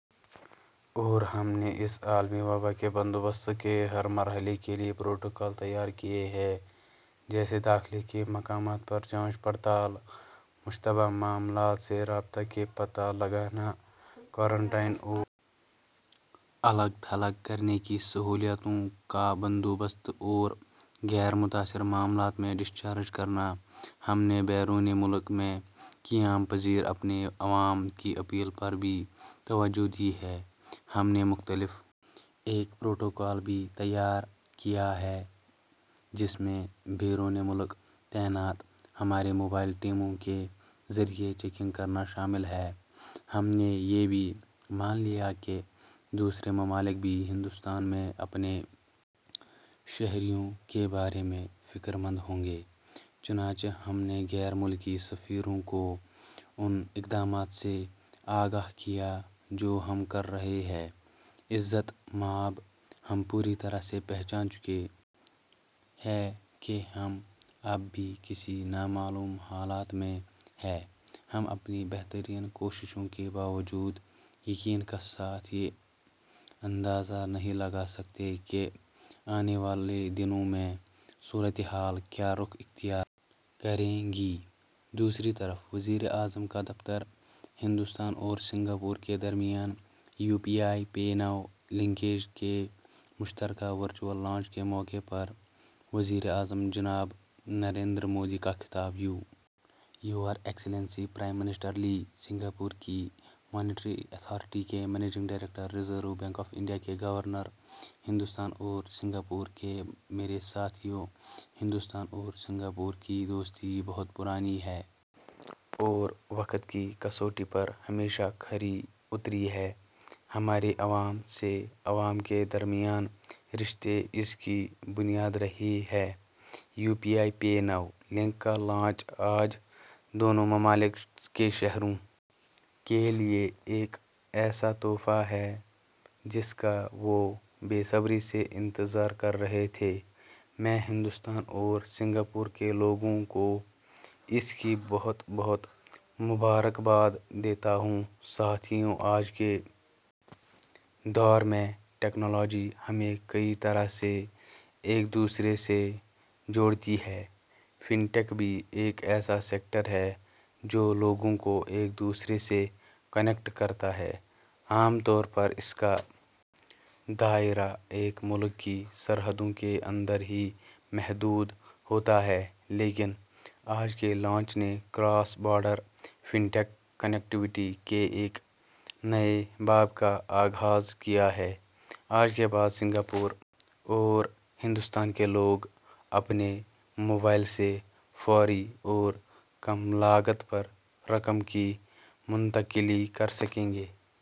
اور ہم نے اس عالمی وبا کے بندوبست کے ہر مرحلے کے لیے پروٹوکول تیار کیے ہیں جیسے داخلے کے مقامات پر جانچ پڑتال مشتبہ معاملات سے رابطے کا پتہ لگانا قرنطینہ اور الگ تھلگ کرنے کی سہولیات کا بندوبست اور غیر متاثر معاملات میں ڈسچارج کرنا ہم نے بیرون ملک میں قیام پذیر اپنے عوام کی اپیل پر بھی توجہ دی ہے ہم نے مختلف ایک پروٹوکول بھی تیار کیا ہے جس میں بیرون ملک تعینات ہماری موبائل ٹیموں کے ذریعے چیکنگ کرنا شامل ہے ہم نے یہ بھی مان لیا کہ دوسرے ممالک بھی ہندوستان میں اپنے شہریوں کے بارے میں فکر مند ہوں گے چنانچہ ہم نے غیر ملکی سفیروں کو ان اقدامات سے آگاہ کیا جو ہم کر رہے ہیں عزت مآب ہم پوری طرح سے پہچان چکے ہیں کہ ہم اب بھی کسی نامعلوم حالت میں ہیں ہم اپنی بہترین کوششوں کے باوجود یقین کے ساتھ یہ اندازہ نہیں لگا سکتے کہ آنے والے دنوں میں صورتحال کیا رخ اختیار کرے گی دوسری طرف وزیر اعظم کا دفتر ہندوستان اور سنگاپور کے درمیان UPI PayNow linkage کے مشترکہ ورچوئل لانچ کے موقع پر وزیر اعظم جناب نریندر مودی کا خطاب your excellency prime minister Lee Singapore کی مانیٹری اتھارٹی کے managing director reserve bank of India کے گورنر ہندوستان اور سنگاپور کے میرے ساتھیو ہندوستان اور سنگاپور کی دوستی بہت پرانی ہے اور وقت کی کسوٹی پر ہمیشہ کھری اتری ہے ہمارے عوام سے عوام کے درمیان رشتے اس کی بنیاد رہے ہیں UPI PayNow link کا لانچ آج دونوں ممالک کے شہریوں کے لیے ایک ایسا تحفہ ہے جس کا وہ بے صبری سے انتظار کر رہے تھے میں ہندوستان اور سنگاپور کے لوگوں کو اس کی بہت بہت مبارکباد دیتا ہوں ساتھیو آج کے دور میں ٹیکنالوجی ہمیں کئی طرح سے ایک دوسرے سے جوڑتی ہے فن ٹیک بھی ایک ایسا سیکٹر ہے جو لوگوں کو ایک دوسرے سے کنیکٹ کرتا ہے عام طور پر اس کا دائرہ ایک ملک کی سرحدوں کے اندر ہی محدود ہوتا ہے لیکن آج کے لانچ نے cross border fintech connectivity کے ایک نئے باب کا آغاز کیا ہے آج کے بعد سنگاپور اور ہندوستان کے لوگ اپنے موبائل سے فوری اور کم لاگت پر رقم کی منتقلی کر سکیں گے